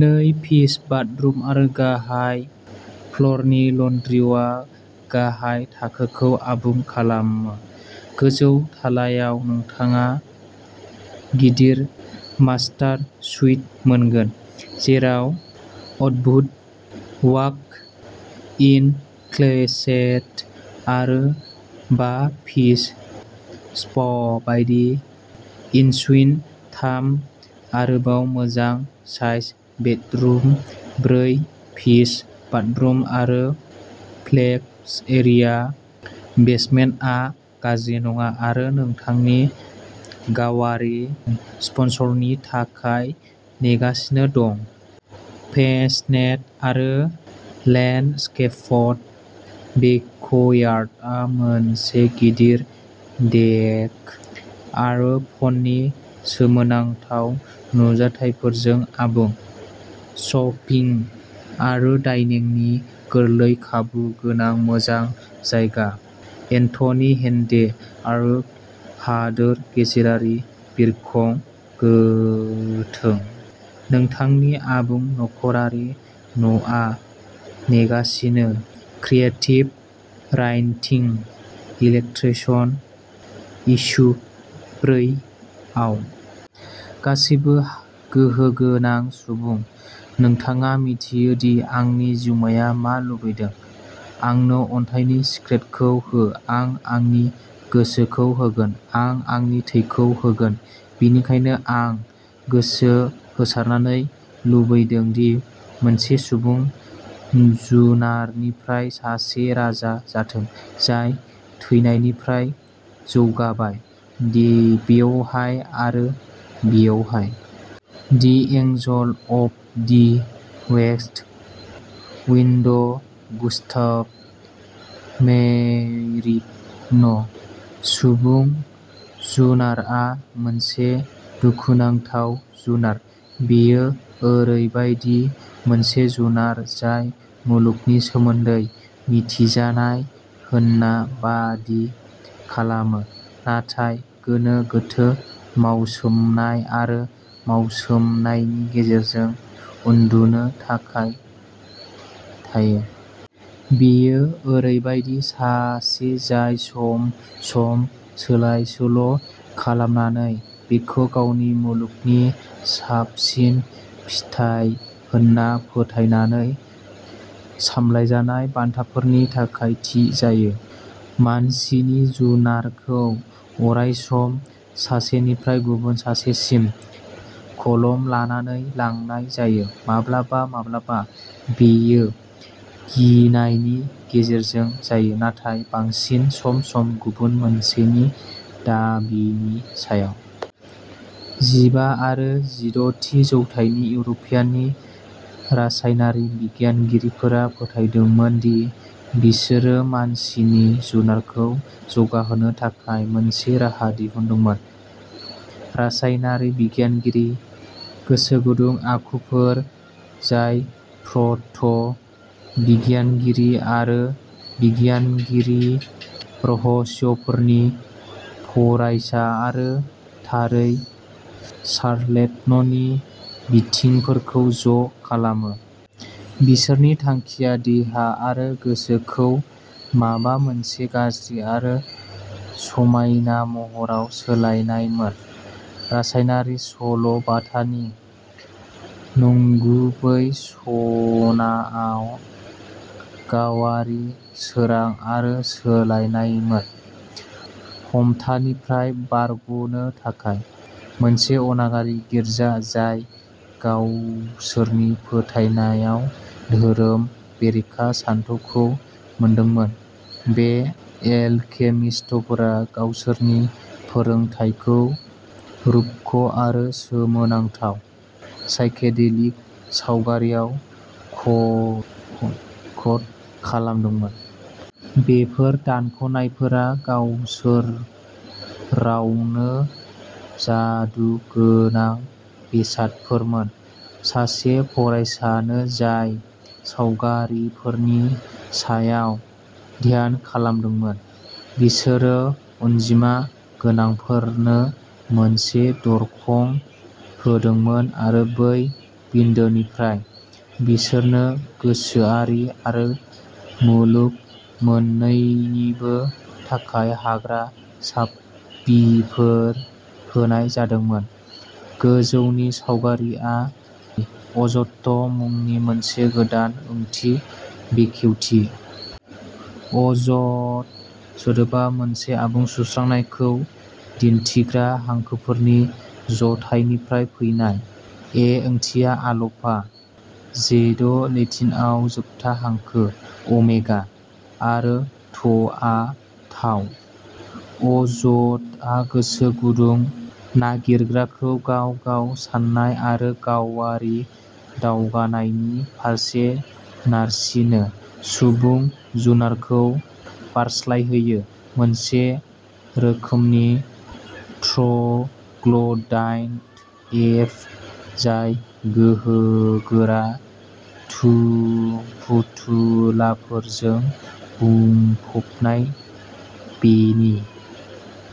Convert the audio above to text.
नै piece bathroom आरो गाहाय फ्ल'रनि लान्ड्रिआ गाहाय थाखोखौ आबुं खालामो। गोजौ थालायाव नोंथाङा गिदिर मास्टार सुइट मोनगोन, जेराव अद्भुत वाक इन क्लोसेट आरो बा पिस स्प बायदि एनसुइन, थाम आरोबाव मोजां साइज बेडरुम, ब्रै पिस बाथरुम आरो फ्लेक्स एरिया बेसमेन्टआ गाज्रि नङा आरो नोंथांनि गावारि स्पर्शननि थाखाय नेगासिनो दं। फेसनेद आरो लेन्डस्केपड बेकयार्डआ मोनसे गिदिर देक आरो पन्डनि सोमोनांथाव नुथायफोरजों आबुं। शपिं आरो डाइनिंनि गोरलै खाबु गोनां मोजां जायगा, एन्थनी हेन्डे, आरो हादोर गेजेरारि बिरखं गोथोन। नोंथांनि आबुं नख'रारि न'आ नेगासिनो क्रिएटिभ राइनटिं, इलास्ट्रेशन, इस्यु ब्रै आव। गासैबो गोहो गोनां सुबुं, नोंथाङा मिथियो दि आंनि जिउमाया मा लुबैदों। आंनो अन्थाइनि सिक्रेटखौ हो आं आंनि गोसोखौ होगोन, आं आंनि थैखौ होगोन बेनिखायनो आं गोसो होसारनानै लुबैदों दि मोनसे सुबुं जुनारनिफ्राय सासे राजा जाथों, जाय थैनायनिफ्राय जौगाबाय, बेवहाय आरो बेवहाय। The angel of the west wind Gustav Meyrink'. सुबुं जुनारआ मोनसे दुखुनांथाव जुनार। बेयो ओरैबायदि मोनसे जुनार जाय मुलुगनि सोमोन्दै मिथिजानाय होनना बादि खालामो, नाथाय गोनो गोथो, मावसोमनाय आरो मावसोमनायनि गेजेरजों उन्दुनो थाखाय थायो। बेयो ओरैबायदि सासे जाय सम-सम सोलाय-सोल' खालामनानै बेखौ गावनि मुलुगनि साबसिन फिथाय होन्ना फोथायनानै सामलायजानाय बान्थाफोरनि थाखाय थि जायो। मानसिनि जुनारखौ अरायसम सासेनिफ्राय गुबुन सासेसिम कलम लानानै लांनाय जायो। माब्लाबा माब्लाबा बेयो गिनायनि गेजेरजों जायो, नाथाय बांसिन सम-सम गुबुन मोनसेनि दाबिनि सायाव। जिबा आरो जिद'थि जौथायाव इउर'पनि रासायनारि बिगियानगिरिफोरा फोथायोमोन दि बिसोरो मानसिनि जुनारखौ जौगाहोनो थाखाय मोनसे राहा दिहुनदोंमोन। रासायनारि बिगियानगिरि, गोसोगुदुं आखुफोर, जाय प्र'ट' बिगियानगिरि, गोसो बिगियानगिरि, रहस्यफोरनि फरायसा आरो थारै चार्लेटननि बिथिंफोरखौ ज' खालामो। बिसोरनि थांखिया देहा आरो गोसोखौ माबा मोनसे गाज्रि आरो समायना महराव सोलायनायमोन। रासायनारि सल' बाथानि नंगुबै सनाआ गावारि सोरां आरो सोलायनायमोन। हमथानिफ्राय बारग'नो थाखाय। मोनसे अनागारि गिर्जा जाय गावसोरनि फोथायनायाव धोरोम बेरेखा सानथौखौ मोनदोंमोन, बे एलकेमिस्टफोरा गावसोरनि फोरोंथायखौ रुपक' आरो सोमोनांथाव, साइकेडेलिक सावगारिआव क'ड खालामदोंमोन। बेफोर दानख'नायफोरा गावसोरावनो जादु गोनां बेसादफोरमोन। सासे फरायसानो जाय सावगारिफोरनि सायाव ध्यान खालामदोंमोन, बिसोरो अनजिमा गोनांफोरनो मोनसे दरखं होदोंमोन आरो बै बिन्दोनिफ्राय, बिसोरनो गोसोआरि आरो मुलुग मोननैनिबो थाखाय हाग्रा साबिफोर होनाय जादोंमोन। गोजौनि सावगारिआ अज'थ' मुंनि मोनसे गोदान ओंथि बेखेवथि। अज'थ सोदोबा मोनसे आबुं सुस्रांनायखौ दिन्थिग्रा हांखोफोरनि जथायनिफ्राय फैनाय। एओंथिया आल'फा, जेड' लेटिनआव जोबथा हांखो अमेगा, आरो थ'आ ताउ। अज'थआ गोसो गुदुं नागिरग्राखौ गाव-गाव साननाय आरो गावारि दावगानायनि फारसे नारसिनो, सुबुं जुनारखौ बारस्लायहोयो, मोनसे रोखोमनि ट्र'ग्ल'डाइट एप जाय गोहोगोरा फुथुलाफोरजों बुंफबनाय, बेनि